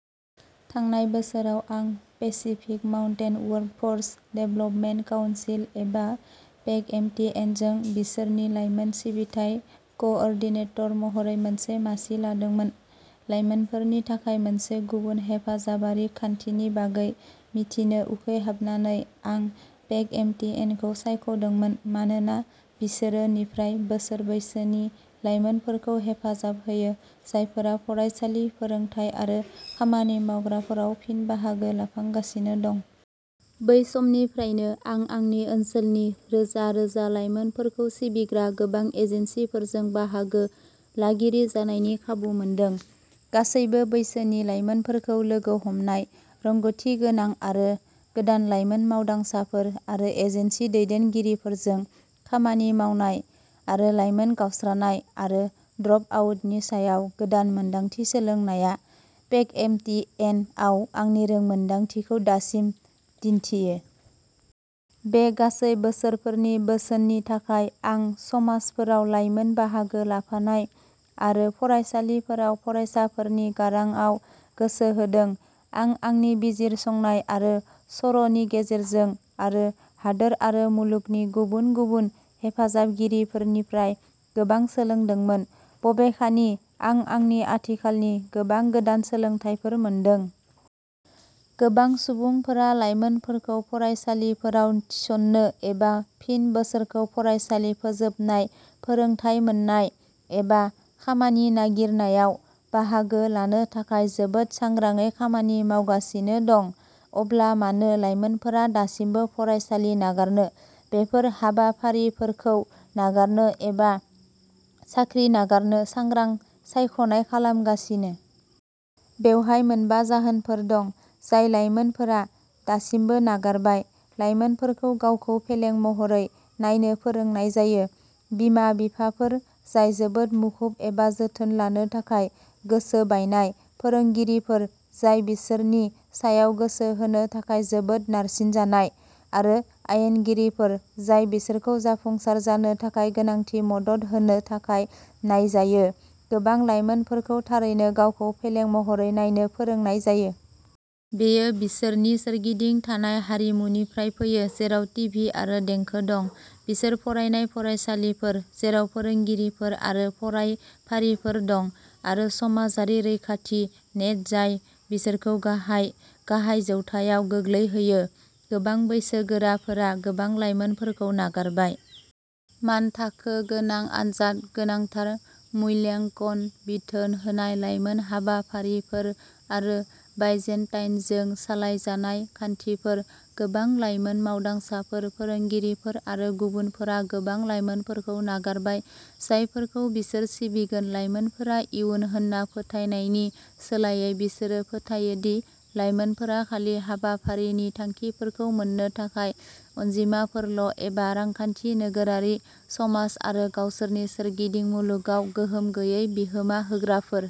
थांनाय बोसोराव आं Pacific Mountain Workforce Development Council, एबा पेकएमटीएनजों बिसोरनि लाइमोन सिबिथाइ क'ओर्डिनेटर महरै मोनसे मासि लादोंमोन। लाइमोनफोरनि थाखाय मोनसे गुबुन हेफाजाबारि खान्थिनि बागै मिथिनो उखैहाबनानै, आं पेकएमटीएनखौ सायख'दोंमोन मानोना बिसोरो निफ्राय बोसोर बैसोनि लाइमोनफोरखौ हेफाजाब होयो, जायफोरा फरायसालि, फोरोंथाय आरो खामानि मावग्राफोराव फिन-बाहागो लाफांगासिनो दं। बै समनिफ्रायनो, आं आंनि ओनसोलनि रोजा-रोजा लाइमोनफोरखौ सिबिग्रा गोबां एजेन्सिफोरजों बाहागो लागिरि जानायनि खाबु मोनदों। गासैबो बैसोनि लाइमोनफोरखौ लोगो हमनाय, रोंग'थिगोनां आरो गोदान लाइमोन मावदांसाफोर आरो एजेन्सि दैदेनगिरिफोरजों खामानि मावनाय, आरो लाइमोन गावस्रानाय आरो ड्रपआउटनि सायाव गोदान मोनदांथि सोलोंनाया पेकएमटीएनआव आंनि रोंमोनदांथिखौ दासिम दिन्थियो। बे गासै बोसोरफोरनि बोसोननि थाखाय, आं समाजफोराव लाइमोन बाहागो लाफानाय आरो फरायसालिफोराव फरायसाफोरनि गारांआव गोसो होदों। आं आंनि बिजिरसंनाय आरो सर'नि गेजेरजों, आरो हादोर आरो मुलुगनि गुबुन गुबुन हेफाजाबगिरिफोरनिफ्राय गोबां सोलोंदोंमोन। बबेखानि, आं आंनि आथिखालनि गोबां गोदान सोलोंथायफोर मोनदों। गोबां सुबुंफोरा लाइमोनफोरखौ फरायसालिफोराव थिसननो, एबा फिन बिसोरखौ फरायसालि फोजोबनाय, फोरोंथाय मोन्नाय, एबा खामानि नागिरनायाव बाहागो लानो थाखाय जोबोद सांग्राङै खामानि मावगासिनो दं। अब्ला मानो लाइमोनफोरा दासिमबो फरायसालि नागारनो, बेफोर हाबाफारिफोरखौ नागारनो, एबा साख्रि नागारनो सांग्रां सायख'नाय खालामगासिनो? बेवहाय मोनबा जाहोनफोर दं, जाय लाइमोनफोरा दासिमबो नागारबाय। लाइमोनफोरखौ गावखौ फेलें महरै नायनो फोरोंनाय जायो। बिमा-बिफाफोर जाय जोबोद मुखुब एबा जोथोन लानो थाखाय गोसो बायनाय, फोरोंगिरिफोर जाय बिसोरनि सायाव गोसो होनो थाखाय जोबोद नारसिनजानाय, आरो आयेनगिरिफोर जाय बिसोरखौ जाफुंसार जानो थाखाय गोनांथि मदद होनो थाखाय नायजायो, गोबां लाइमोनफोरखौ थारैनो गावखौ फेलें महरै नायनो फोरोंनाय जायो। बेयो बिसोरनि सोरगिदिं थानाय हारिमुनिफ्राय फैयो, जेराव टिभि आरो देंखो दं; बिसोर फरायनाय फरायसालिफोर, जेराव फोरोंगिरिफोर आरो फरायफारिफोर दं; आरो समाजारि रैखाथि नेट जाय बिसोरखौ गाहाय, गाहाय जौथायाव गोग्लैहोयो। गोबां बैसोगोराफोरा गोबां लाइमोनफोरखौ नागारबाय। मानथाखो गोनां आनजाद, गोनांथार मूल्याङ्कन, बिथोन होनाय लाइमोन हाबाफारिफोर, आरो बाइजेन्टाइनजों सालायजानाय। खान्थिफोर, गोबां लाइमोन मावदांसाफोर, फोरोंगिरिफोर आरो गुबुनफोरा गोबां लाइमोनफोरखौ नागारबाय, जायफोरखौ बिसोर सिबिगोन। "लाइमोनफोरा इयुन" होन्ना फोथायनायनि सोलायै, बिसोरो फोथायो दि लाइमोनफोरा खालि हाबाफारिनि थांखिफोरखौ मोन्नो थाखाय अनजिमाफोरल ', एबा रांखान्थि, नोगोरारि समाज आरो गावसोरनि सोरगिदिं मुलुगाव गोहोम गैयै बिहोमा होग्राफोर।